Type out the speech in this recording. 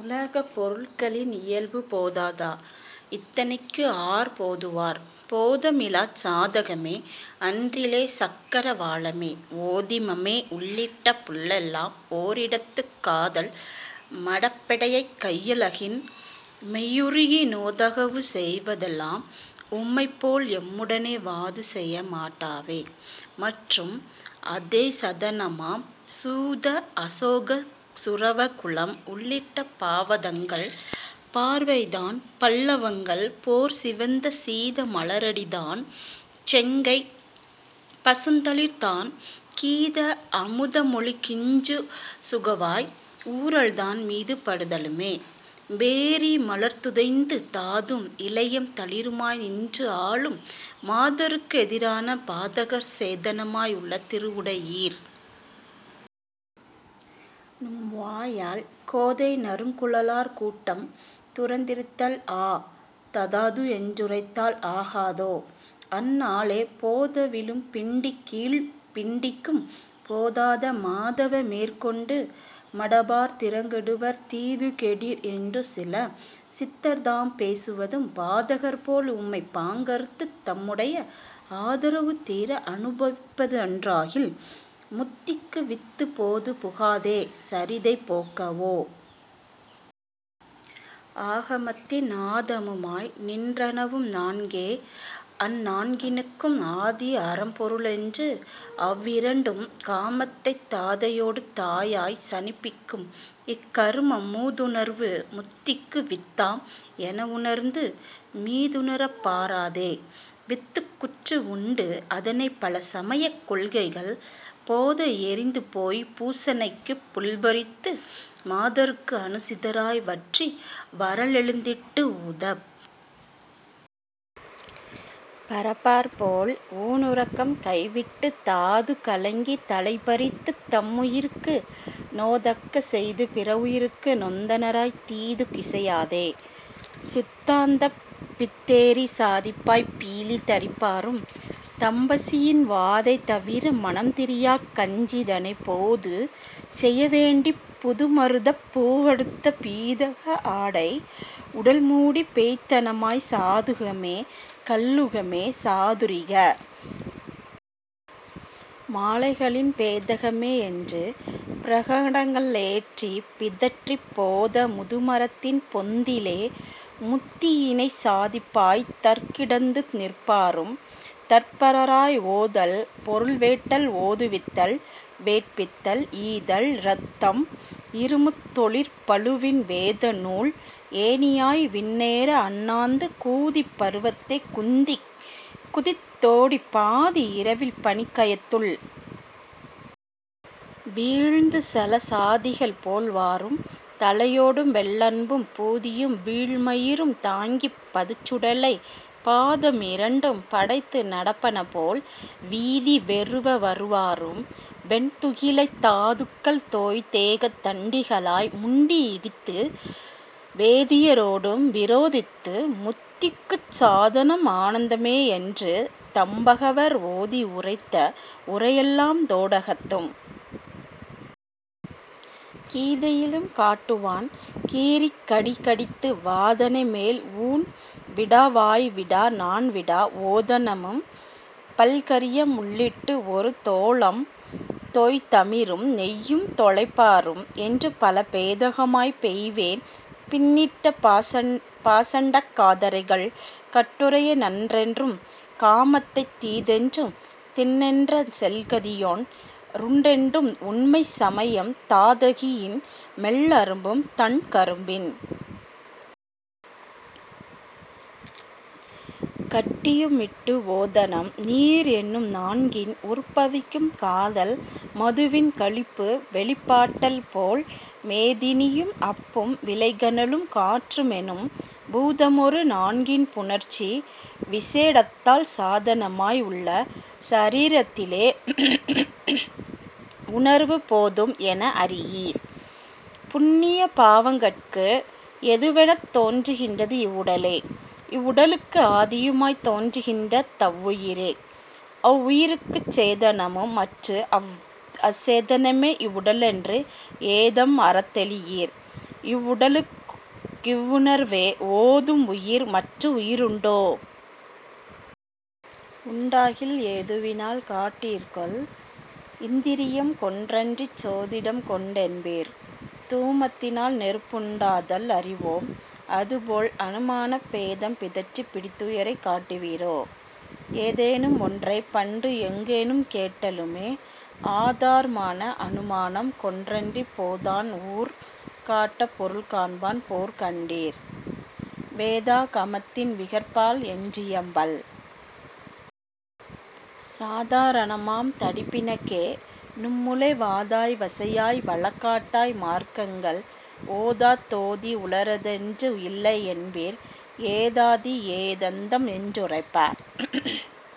உலகப் பொருள்களின் இயல்பு போதாதோ? இத்தனைக்குஆர் போதுவார்? போதமிலாச் சாதகமே அன்றிலே சக்கர வாளமே ஓதிமமே உள்ளிட்ட புள்ளெல்லாம் ஒரிடத்துக் காதல் மடப்பெடையைக் கையகலின் மெய்யுருகி நோதகவு செய்வதெல்லாம் நும்மைப்போல் எம்முடனே வாதுசெய மாட்டாவே; மற்றும் அசேதனமாம் சூத அசோக சுரவகுளம் உள்ளிட்ட பாதவங்கள் பார்வைதான் பல்லவங்கள் போற்சிவந்த சீத மலரடிதான் செங்கைப் பசுந்தளிர்தான் கீத அமுதமொழிக் கிஞ்சுகவாய் ஊறல்தான் மீது படுதலுமே வேரி மலர்துதைந்து தாதும் இலையம் தளிருமாய் நின்று ஆலும்;- மாதருக்கு எதிரான பாதகர் சேதனமாய் உள்ள திருவுடையீர்! நும்வாயால் கோதை நறுங்குழலார் கூட்டம் துறந்திருத்தல் ஆ! தகாது என்றுரைத்தால் ஆகாதோ? அந்நாளே போதவிழும் பிண்டிக்கீழ்ப் பிண்டிக்கும் போதாத மாதவமேற் கொண்டு மடபார் திறங்கெடுவர் தீதுகெடீர் என்றுசில சித்தர்தாம் பேசுவதும் பாதகர் போல்உம்மைப் பாங்கறுத்துத் தம்முடைய ஆதரவு தீர அனுபவிப்ப தன்றாகில் முத்திக்கு வித்து போதுபுகா தேசரிதை போக்கவோ? ஆகமத்தின் நாதமுமாய் நின்றனவும் நான்கே; அந் நான்கினுக்கும் ஆதி அறம்பொருளென்று அவ்விரண்டும் காமத்தைத் தாதையொடு தாயாய்ச் சனிப்பிக்கும்; இக்கருமம் மூதுணர்வு முத்திக்கு வித்தாம் எனவுணர்ந்து மீதுணரப் பாராதே வித்துக்குற்று உண்டுஅதனைப் பல சமயக் கொள்கைகள் போத எறிந்துபோய்ப் பூசனைக்குப் புல்பறித்து மாதர்க்கு அனுசிதராய் வற்றி வறளெழுந்திட்டு ஊதப் பறப்பார்போல் ஊணுறக்கம் கைவிட்டுத் தாது கலங்கித் தலைபறித்துத் தம்முயிர்க்கு நோதக்க செய்து பிறவுயிர்க்கு நொந்தனராய்த் தீதுக் கிசையாதே சித்தாந்தப் பித்தேறிச் சாதிப்பாய்ப் பீலி தரிப்பாரும், தம்பசியின் வாதை தவிர மனம்திரியாக் கஞ்சிதனைப் போதுசெய வேண்டிப் புதுமருதப் பூவடுத்த பீதக ஆடைஉடல்மூடிப் பேய்த்தனமாய்ச் சாதுகமே கல்லுகமே சாதுரிக மாலைகளின் பேதகமே என்று பிரகடங்க ளேபிதற்றிப் போத முதுமரத்தின் பொந்திலே முத்தியினைச் சாதிப்பாய்த் தற்கிடந்து நிற்பாரும், தற்பரராய் ஓதல் பொருள்வேட்டல் ஓதுவித்தல் வேட்பித்தல் ஈதல் இரத்தம் இருமுத் தொழிற்பழுவின் வேதநூல் ஏணியாய் விண்ணேற அண்ணாந்து கூதிப் பருவத்தே குந்திக் குதித் தோடிப் பாதி இரவில் பனிக்கயத்துள் வீழ்ந்துசல சாதிகள்போல் வாரும், தலையோடும் வெள்ளென்பும் பூதியும் வீழ்மயிரும் தாங்கிப் பதுச்சுடலை பாதம் இரண்டும் படைத்து நடப்பனபோல் வீதி வெருவ வருவாரும், வெண்துகிலைத் தாதுக்கல் தோய்த்தேக தண்டிகளாய் முண்டித்து வேதிய ரோடும் விரோதித்து முத்திக்குச் சாதனம் ஆனந்த மேயென்று தம்பகவர் ஓதி உரைத்த உரையெல்லாம் தோடகத்தும் கீதையிலும் காட்டுவான் கீரிக் கடிகடித்து வாதனைமேல் ஊண்விடா வாய்விடா நாண்விடா ஓதனமும் பல்கறியம் உள்ளிட்டு ஒருதோழம் தோய்தமிரும் நெய்யும் தொலைப்பாரும், என்றுபல பேதகமாய் பெய்வேன் பின்னிட்ட பாசண்டக் காதறைகள் கட்டுரையை நன்றென்றும், காமத்தைத் தீதென்றும், திண்ணென்ற செல்கதியொன் றுண்டென்றும், உண்மைச் சமயம் தாதகியின் மெல்லரும்பும் தண்கரும்பின் கட்டியுமிட்டு ஓதனம்நீர் என்னும் ஒரு நான்கின் உற்பவிக்கும் காதல் மதுவின் களிப்புவெளிப் பட்டாற்போல் மேதினியும் அப்பும் விளைகனலும் காற்றுமெனும் பூதமொரு நான்கின் புணர்ச்சி விசேடத்தால் சாதனமாய் உள்ள சரீரத்திலேஉணர்வு போதும் எனஅறியீர்; புண்ணிய பாவங்கட்கு எதுவெனத் தோன்றுகின்றது இவ்வுடலே; இவ்வுடலுக்கு ஆதியுமாய்த் தோன்றுகின்ற தவ்வுயிரே; அவ்வுயிர்க்குச் சேதனமும், மற்றுஅவ் அசேதனமே இவ்வுடலென்று ஏதம் அறத்தெளியீர்; இவ்வுடலுக் கிவ்வுணர்வே ஓதும் உயிர்; மற்று உயிருண்டோ? உண்டாகில் ஏதுவினால் காட்டீர்காள்! இந்திரியம் கொண்டன்றிச் சோதிடம் கொண்டென்பீர்; தூமத் தினால்நெருப்புண் டாதல் அறிவோம், அதுபோல் அனுமானப் பேதம் பிதற்றிப் பிடித்துயிரைக் காட்டுவிரோ? ஏதேனும் ஒன்றைப்பண்டு எங்கேனும் கேட்டலுமே ஆதார் மான அனுமானம் கொண்டன்றிப் போதான்ஊர் காட்டப் பொருள்காண்பான் போற்கண்டீர்; வேதா கமத்தின் விகற்பத்தால் என்றியம்பல் சாதா ரணமாம் தடிப்பிணக்கே; நும்முளே வாதாய் வசையாய் வழக்காட்டாய் மார்க்கங்கள் ஓதாத் தோதி உளதென்றது இல்லையென்பீர்; ஏதாதி ஏதந்தம் என்றுரைப்ப